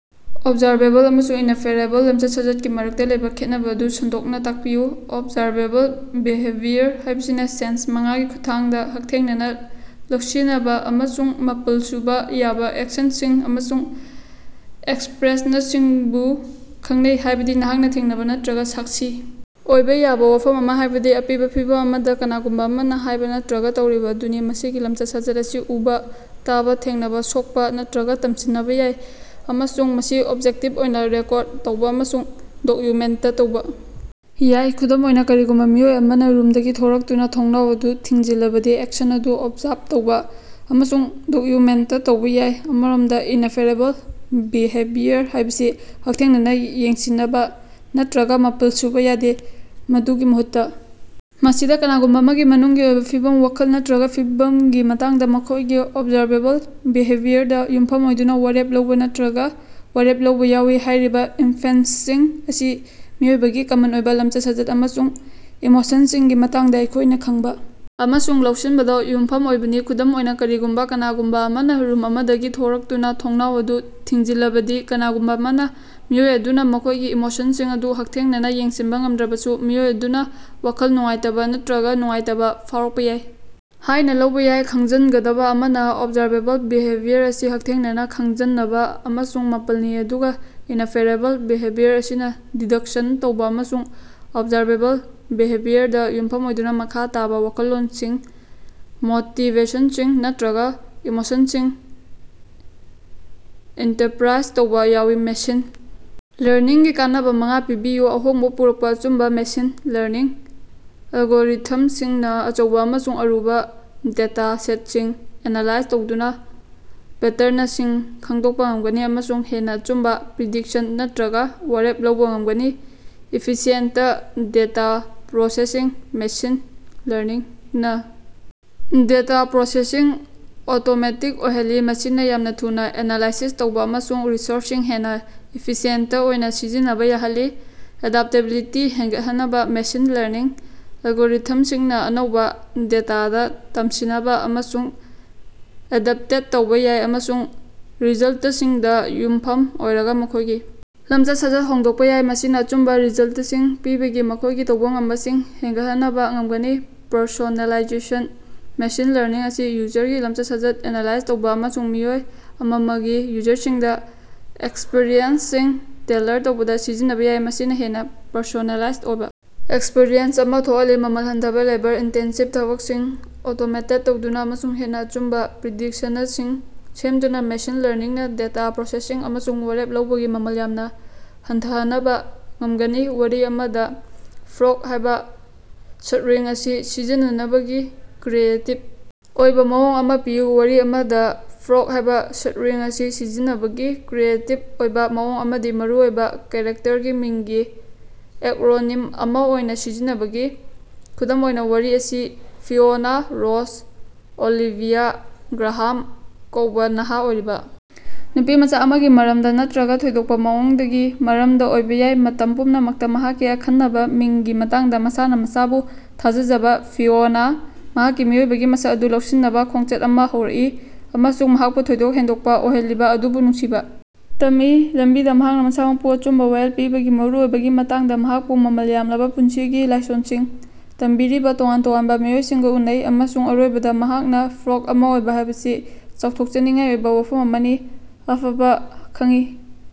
"Observable " ꯑꯃꯁꯨꯡ "ꯏꯅꯐꯦꯔꯦꯕꯜ " ꯂꯝꯆꯠ-ꯁꯥꯖꯠꯀꯤ ꯃꯔꯛꯇ ꯂꯩꯕ ꯈꯦꯠꯅꯕ ꯑꯗꯨ ꯁꯟꯗꯣꯛꯅ ꯇꯥꯛꯄꯤꯌꯨ꯫ "ꯑꯣꯕꯖꯥꯔꯕꯦꯕꯜ ꯕꯤꯍꯦꯕꯤꯌꯔ" ꯍꯥꯏꯕꯁꯤꯅ ꯁꯦꯟꯁ ꯃꯉꯥꯒꯤ ꯈꯨꯠꯊꯥꯡꯗ ꯍꯛꯊꯦꯡꯅꯅꯥ ꯂꯧꯁꯤꯅꯕ ꯑꯃꯁꯨꯡ ꯃꯥꯄꯜ ꯁꯨꯕ ꯌꯥꯕ ꯑꯦꯛꯁꯟꯁꯤꯡ ꯑꯃꯁꯨꯡ ꯑꯦꯛꯁꯞꯔꯦꯁꯅꯁꯤꯡꯕꯨ ꯈꯪꯅꯩ, ꯍꯥꯏꯕꯗꯤ ꯅꯍꯥꯛꯅ ꯊꯦꯡꯅꯕ ꯅꯠꯇ꯭ꯔꯒ ꯁꯥꯛꯁꯤ ꯑꯣꯏꯕ ꯌꯥꯕ ꯋꯥꯐꯝ ꯑꯃꯥ, ꯍꯥꯏꯕꯗꯤ ꯑꯄꯤꯕ ꯐꯤꯚꯝ ꯑꯃꯗꯥ ꯀꯅꯥꯒꯨꯝꯕꯥ ꯑꯃꯅꯥ ꯍꯥꯏꯕ ꯅꯠꯇ꯭ꯔꯒ ꯇꯧꯔꯤꯕꯥ ꯑꯗꯨꯅꯤ꯫ ꯃꯁꯤꯒꯤ ꯂꯝꯆꯠ-ꯁꯥꯖꯠ ꯑꯁꯤ ꯎꯕꯥ, ꯇꯥꯕ, ꯊꯦꯡꯅꯕ, ꯁꯣꯛꯄ ꯅꯠꯇ꯭ꯔꯒ ꯇꯝꯁꯤꯟꯅꯕ ꯌꯥꯏ ꯑꯃꯁꯨꯡ ꯃꯁꯤ ꯑꯣꯕꯖꯦꯛꯇꯤꯚ ꯑꯣꯏꯅ ꯔꯦꯀꯣꯔꯗ ꯇꯧꯕ ꯑꯃꯁꯨꯡ ꯗꯣꯛꯌꯨꯃꯦꯟꯇ ꯇꯧꯕ ꯌꯥꯏ꯫ ꯈꯨꯗꯝ ꯑꯣꯏꯅ, ꯀꯔꯤꯒꯨꯝꯕ ꯃꯤꯑꯣꯏ ꯑꯃꯅꯥ ꯔꯨꯝꯗꯒꯤ ꯊꯣꯔꯛꯇꯨꯅ ꯊꯣꯡꯅꯥꯎ ꯑꯗꯨ ꯊꯤꯡꯖꯤꯜꯂꯕꯗꯤ, ꯑꯦꯛꯁꯟ ꯑꯗꯨ ꯑꯣꯕꯖꯥꯔꯚ ꯇꯧꯕ ꯑꯃꯁꯨꯡ ꯗꯣꯛꯌꯨꯃꯦꯟꯇ ꯇꯧꯕ ꯌꯥꯏ꯫ ꯑꯃꯔꯣꯝꯗ "ꯏꯅꯐꯦꯔꯦꯕꯜ "" ꯕꯤꯍꯦꯕꯤꯌꯔ" ꯍꯥꯏꯕꯁꯤ ꯍꯛꯊꯦꯡꯅꯅꯥ ꯌꯦꯡꯁꯤꯅꯕ ꯅꯠꯇ꯭ꯔꯒꯥ ꯃꯥꯄꯜ ꯁꯨꯕ ꯌꯥꯗꯦ꯫ ꯃꯗꯨꯒꯤ ꯃꯍꯨꯠꯇꯥ, ꯃꯁꯤꯗ ꯀꯅꯥꯒꯨꯝꯕ ꯑꯃꯒꯤ ꯃꯅꯨꯡꯒꯤ ꯑꯣꯏꯕ ꯐꯤꯚꯝ, ꯋꯥꯈꯜ ꯅꯠꯇ꯭ꯔꯒ ꯐꯤꯚꯝꯒꯤ ꯃꯇꯥꯡꯗ, ꯃꯈꯣꯏꯒꯤ ꯑꯣꯕꯖꯥꯔꯕꯦꯕꯜ ꯕꯤꯍꯦꯕꯤꯌꯔꯗꯥ ꯌꯨꯝꯐꯝ ꯑꯣꯏꯗꯨꯅ ꯋꯥꯔꯦꯞ ꯂꯧꯕ ꯅꯠꯇ꯭ꯔꯒ ꯋꯥꯔꯦꯞ ꯂꯧꯕ ꯌꯥꯎꯏ꯫ ꯍꯥꯏꯔꯤꯕ ꯏꯟꯐꯦꯟꯁꯁꯤꯡ ꯑꯁꯤ ꯃꯤꯑꯣꯏꯕꯒꯤ ꯀꯃꯟ ꯑꯣꯏꯕ ꯂꯝꯆꯠ-ꯁꯥꯖꯠ ꯑꯃꯁꯨꯡ ꯏꯃꯣꯁꯟꯁꯤꯡꯒꯤ ꯃꯇꯥꯡꯗꯥ ꯑꯩꯈꯣꯏꯅ ꯈꯪꯕꯥ ꯑꯃꯁꯨꯡ ꯂꯧꯁꯤꯟꯕꯗꯥ ꯌꯨꯝꯐꯝ ꯑꯣꯏꯕꯅꯤ ꯈꯨꯗꯝ ꯑꯣꯏꯅ, ꯀꯔꯤꯒꯨꯝꯕꯥ ꯀꯅꯥꯒꯨꯝꯕꯥ ꯑꯃꯅꯥ ꯔꯨꯝ ꯑꯃꯗꯒꯤ ꯊꯣꯔꯛꯇꯨꯅꯥ ꯊꯣꯡꯅꯥꯎ ꯑꯗꯨ ꯊꯤꯡꯖꯤꯜꯂꯕꯗꯤ, ꯀꯅꯥꯒꯨꯝꯕ ꯑꯃꯥꯅ ꯃꯤꯑꯣꯏ ꯑꯗꯨꯅ ꯃꯈꯣꯏꯒꯤ ꯏꯃꯣꯁꯟꯁꯤꯡ ꯑꯗꯨ ꯍꯛꯊꯦꯡꯅꯅꯥ ꯌꯦꯡꯁꯤꯟꯕ ꯉꯝꯗ꯭ꯔꯕꯁꯨ, ꯃꯤꯑꯣꯏ ꯑꯗꯨꯅ ꯋꯥꯈꯜ ꯅꯨꯡꯉꯥꯏꯇꯕ ꯅꯠꯇ꯭ꯔꯒꯥ ꯅꯨꯡꯉꯥꯏꯇꯕ ꯐꯥꯎꯔꯛꯄ ꯌꯥꯏ ꯍꯥꯏꯅ ꯂꯧꯕ ꯌꯥꯏ꯫ ꯈꯪꯖꯟꯒꯗꯕ ꯑꯃꯅꯥ, ꯑꯣꯕꯖꯥꯔꯕꯦꯕꯜ ꯕꯤꯍꯦꯕꯤꯌꯔ ꯑꯁꯤ ꯍꯛꯊꯦꯡꯅꯅꯥ ꯈꯪꯖꯟꯅꯕꯥ ꯑꯃꯁꯨꯡ ꯃꯥꯄꯜꯅꯤ ꯑꯗꯨꯒꯥ ꯏꯅꯐꯦꯔꯦꯕꯜ ꯕꯤꯍꯦꯕꯤꯌꯔ ꯑꯁꯤꯅꯥ ꯗꯤꯗꯛꯁꯟ ꯇꯧꯕ ꯑꯃꯁꯨꯡ ꯑꯣꯕꯖꯥꯔꯕꯦꯕꯜ ꯕꯤꯍꯦꯕꯤꯌꯔꯗꯥ ꯌꯨꯝꯐꯝ ꯑꯣꯏꯗꯨꯅ ꯃꯈꯥ ꯇꯥꯕꯥ ꯋꯥꯈꯜꯂꯣꯟꯁꯤꯡ, ꯃꯣꯇꯤꯕꯦꯁꯟꯁꯤꯡ ꯅꯠꯇ꯭ꯔꯒ ꯏꯃꯣꯁꯟꯁꯤꯡ ꯏꯟꯇꯔꯄꯔꯥꯏꯖ ꯇꯧꯕ ꯌꯥꯎꯏ꯫ ꯃꯦꯁꯤꯟ ꯂꯔꯅꯤꯡꯒꯤ ꯀꯥꯟꯅꯕ ꯃꯉꯥ ꯄꯤꯕꯤꯌꯨ꯫ ꯑꯍꯣꯡꯕ ꯄꯨꯔꯛꯄ ꯑꯆꯨꯝꯕ ꯃꯦꯁꯤꯟ ꯂꯔꯅꯤꯡ ꯑꯦꯜꯒꯣꯔꯤꯊꯝꯁꯤꯡꯅ ꯑꯆꯧꯕ ꯑꯃꯁꯨꯡ ꯑꯔꯨꯕ ꯗꯦꯇꯥ ꯁꯦꯠꯁꯤꯡ ꯑꯦꯅꯥꯂꯥꯏꯖ ꯇꯧꯗꯨꯅꯥ ꯄꯦꯇꯔꯅꯁꯤꯡ ꯈꯪꯗꯣꯛꯄ ꯉꯝꯒꯅꯤ ꯑꯃꯁꯨꯡ ꯍꯦꯟꯅꯥ ꯑꯆꯨꯝꯕ ꯄ꯭ꯔꯤꯗꯤꯛꯁꯟ ꯅꯠꯇ꯭ꯔꯒ ꯋꯥꯔꯦꯞ ꯂꯧꯕ ꯉꯝꯒꯅꯤ꯫ ꯏꯐꯤꯁꯤꯌꯦꯟꯇ ꯗꯦꯇꯥ ꯄ꯭ꯔꯣꯁꯦꯁꯤꯡ: ꯃꯦꯁꯤꯟ ꯂꯔꯅꯤꯡꯅꯥ ꯗꯦꯇꯥ ꯄ꯭ꯔꯣꯁꯦꯁꯤꯡ ꯑꯣꯇꯣꯃꯦꯇꯤꯛ ꯑꯣꯏꯍꯜꯂꯤ, ꯃꯁꯤꯅꯥ ꯌꯥꯝꯅ ꯊꯨꯅꯥ ꯑꯦꯅꯥꯂꯥꯏꯁꯤꯁ ꯇꯧꯕ ꯑꯃꯁꯨꯡ ꯔꯤꯁꯣꯔꯁꯁꯤꯡ ꯍꯦꯟꯅꯥ ꯏꯐꯤꯁꯤꯌꯦꯟꯇ ꯑꯣꯏꯅ ꯁꯤꯖꯤꯟꯅꯕ ꯌꯥꯍꯜꯂꯤ꯫ ꯑꯦꯗꯥꯞꯇꯦꯕꯤꯂꯤꯇꯤ ꯍꯦꯟꯒꯠꯍꯟꯕ ꯃꯦꯁꯤꯟ ꯂꯔꯅꯤꯡ ꯑꯦꯂꯒꯣꯔꯤꯊꯃꯁꯤꯡꯅꯥ ꯑꯅꯧꯕꯥ ꯗꯦꯇꯥꯗꯥ ꯇꯝꯁꯤꯅꯕ ꯑꯃꯁꯨꯡ ꯑꯦꯗꯞꯇꯦꯠ ꯇꯧꯕ ꯌꯥꯏ, ꯑꯃꯁꯨꯡ ꯔꯤꯖꯜꯇꯁꯤꯡꯗ ꯌꯨꯝꯐꯝ ꯑꯣꯏꯔꯒ ꯃꯈꯣꯏꯒꯤ ꯂꯝꯆꯠ-ꯁꯥꯖꯠ ꯍꯣꯡꯗꯣꯛꯄ ꯌꯥꯏ, ꯃꯁꯤꯅꯥ ꯑꯆꯨꯝꯕ ꯔꯤꯖꯜꯇꯁꯤꯡ ꯄꯤꯕꯒꯤ ꯃꯈꯣꯏꯒꯤ ꯇꯧꯕ ꯉꯝꯕꯁꯤꯡ ꯍꯦꯟꯒꯠꯍꯅꯕ ꯉꯝꯒꯅꯤ꯫ ꯄꯔꯁꯣꯅꯦꯂꯥꯏꯖꯦꯁꯟ: ꯃꯦꯁꯤꯟ ꯂꯔꯅꯤꯡ ꯑꯁꯤ ꯌꯨꯖꯔꯒꯤ ꯂꯝꯆꯠ-ꯁꯥꯖꯠ ꯑꯦꯅꯥꯂꯥꯏꯖ ꯇꯧꯕꯥ ꯑꯃꯁꯨꯡ ꯃꯤꯑꯣꯏ ꯑꯃꯃꯝꯒꯤ ꯌꯨꯖꯔꯁꯤꯡꯗꯥ ꯑꯦꯛꯁꯄꯔꯤꯌꯦꯟꯁꯁꯤꯡ ꯇꯦꯜꯂꯔ ꯇꯧꯕꯗꯥ ꯁꯤꯖꯤꯟꯅꯕꯥ ꯌꯥꯏ, ꯃꯁꯤꯅ ꯍꯦꯟꯅꯥ ꯄꯔꯁꯣꯅꯦꯂꯥꯏꯖ ꯑꯣꯏꯕ ꯑꯦꯛꯁꯄꯔꯤꯌꯦꯟꯁ ꯑꯃꯥ ꯊꯣꯛꯍꯜꯂꯤ꯫ ꯃꯃꯜ ꯍꯟꯊꯕ ꯂꯦꯕꯔ-ꯏꯟꯇꯦꯟꯁꯤꯕ ꯊꯕꯛꯁꯤꯡ ꯑꯣꯇꯣꯃꯦꯇꯦꯗ ꯇꯧꯗꯨꯅꯥ ꯑꯃꯁꯨꯡ ꯍꯦꯟꯅꯥ ꯑꯆꯨꯝꯕ ꯄ꯭ꯔꯤꯗꯤꯛꯁꯅꯁꯤꯡ ꯁꯦꯝꯗꯨꯅꯥ ꯃꯦꯁꯤꯟ ꯂꯔꯅꯤꯡꯅꯥ ꯗꯦꯇꯥ ꯄ꯭ꯔꯣꯁꯦꯁꯤꯡ ꯑꯃꯁꯨꯡ ꯋꯥꯔꯦꯞ ꯂꯧꯕꯒꯤ ꯃꯃꯜ ꯌꯥꯝꯅ ꯍꯟꯊꯍꯅꯕꯥ ꯉꯝꯒꯅꯤ꯫ ꯋꯥꯔꯤ ꯑꯃꯥꯗ "ꯐ꯭ꯔꯣꯒ" ꯍꯥꯏꯕ ꯁ꯭ꯠꯔꯤꯡ ꯑꯁꯤ ꯁꯤꯖꯤꯟꯅꯅꯕꯒꯤ ꯀ꯭ꯔꯤꯌꯦꯇꯤꯚ ꯑꯣꯏꯕ ꯃꯑꯣꯡ ꯑꯃꯥ ꯄꯤꯌꯨ꯫ ꯋꯥꯔꯤ ꯑꯃꯗꯥ "ꯐ꯭ꯔꯣꯒ" ꯍꯥꯏꯕ ꯁ꯭ꯠꯔꯤꯡ ꯑꯁꯤ ꯁꯤꯖꯤꯟꯅꯕꯒꯤ ꯀ꯭ꯔꯤꯌꯦꯇꯤꯕ ꯑꯣꯏꯕ ꯃꯑꯣꯡ ꯑꯃꯗꯤ ꯃꯔꯨꯑꯣꯏꯕ ꯀꯦꯔꯦꯛꯇꯔꯒꯤ ꯃꯤꯡꯒꯤ ꯑꯦꯛꯔꯣꯅꯤꯝ ꯑꯃꯥ ꯑꯣꯏꯅꯥ ꯁꯤꯖꯤꯟꯅꯕꯅꯤ꯫ ꯈꯨꯗꯝ ꯑꯣꯏꯅ, ꯋꯥꯔꯤ ꯑꯁꯤ ꯐꯤꯑꯣꯅꯥ ꯔꯣꯖ ꯑꯣꯂꯤꯚꯤꯌꯥ ꯒ꯭ꯔꯥꯍꯥꯝ ꯀꯧꯕ ꯅꯍꯥ ꯑꯣꯏꯔꯤꯕ ꯅꯨꯄꯤꯃꯆꯥ ꯑꯃꯒꯤ ꯃꯔꯝꯗ ꯅꯠꯇ꯭ꯔꯒ ꯊꯣꯏꯗꯣꯛꯄ ꯃꯑꯣꯡꯗꯒꯤ ꯃꯔꯝꯗꯥꯑꯣꯏꯕ ꯌꯥꯏ꯫ ꯃꯇꯝ ꯄꯨꯝꯅꯃꯛꯇ ꯃꯍꯥꯛꯀꯤ ꯑꯈꯟꯅꯕ ꯃꯤꯡꯒꯤ ꯃꯇꯥꯡꯗ ꯃꯁꯥꯅꯥ ꯃꯁꯥꯕꯨ ꯊꯥꯖꯖꯕ ꯐꯤꯑꯣꯅꯥ ꯃꯍꯥꯛꯀꯤ ꯃꯤꯑꯣꯏꯕꯒꯤ ꯃꯁꯛ ꯑꯗꯨ ꯂꯧꯁꯤꯟꯅꯕ ꯈꯣꯡꯆꯠ ꯑꯃꯥ ꯍꯧꯔꯛꯏ ꯑꯃꯁꯨꯡ ꯃꯍꯥꯛꯄꯨ ꯊꯣꯏꯗꯣꯛ ꯍꯦꯟꯗꯣꯛꯄ ꯑꯣꯏꯍꯜꯂꯤꯕꯥ ꯑꯗꯨꯕꯨ ꯅꯨꯡꯁꯤꯕꯥ ꯇꯝꯏ꯫ ꯂꯝꯕꯤꯗꯥ ꯃꯍꯥꯛꯅꯥ ꯃꯁꯥꯃꯛꯄꯨ ꯑꯆꯨꯝꯕ ꯋꯥꯌꯦꯜ ꯄꯤꯕꯒꯤ ꯃꯔꯨꯑꯣꯏꯕꯒꯤ ꯃꯇꯥꯡꯗ ꯃꯍꯥꯛꯄꯨ ꯃꯃꯜ ꯌꯥꯝꯂꯕ ꯄꯨꯟꯁꯤꯒꯤ ꯂꯥꯏꯁꯣꯟꯁꯤꯡ ꯇꯝꯕꯤꯔꯤꯕ ꯇꯣꯉꯥꯟ ꯇꯣꯉꯥꯟꯕ ꯃꯤꯑꯣꯏꯁꯤꯡꯒ ꯎꯅꯩ, ꯑꯃꯁꯨꯡ ꯑꯔꯣꯏꯕꯗ ꯃꯍꯥꯛꯅꯥ "ꯐ꯭ꯔꯣꯒ" ꯑꯃꯥ ꯑꯣꯏꯕ ꯍꯥꯏꯕꯁꯤ ꯆꯥꯎꯊꯣꯛꯆꯅꯤꯡꯉꯥꯏ ꯑꯣꯏꯕ ꯋꯥꯐꯝ ꯑꯃꯅꯤ ꯑꯐꯕ ꯈꯪꯏ꯫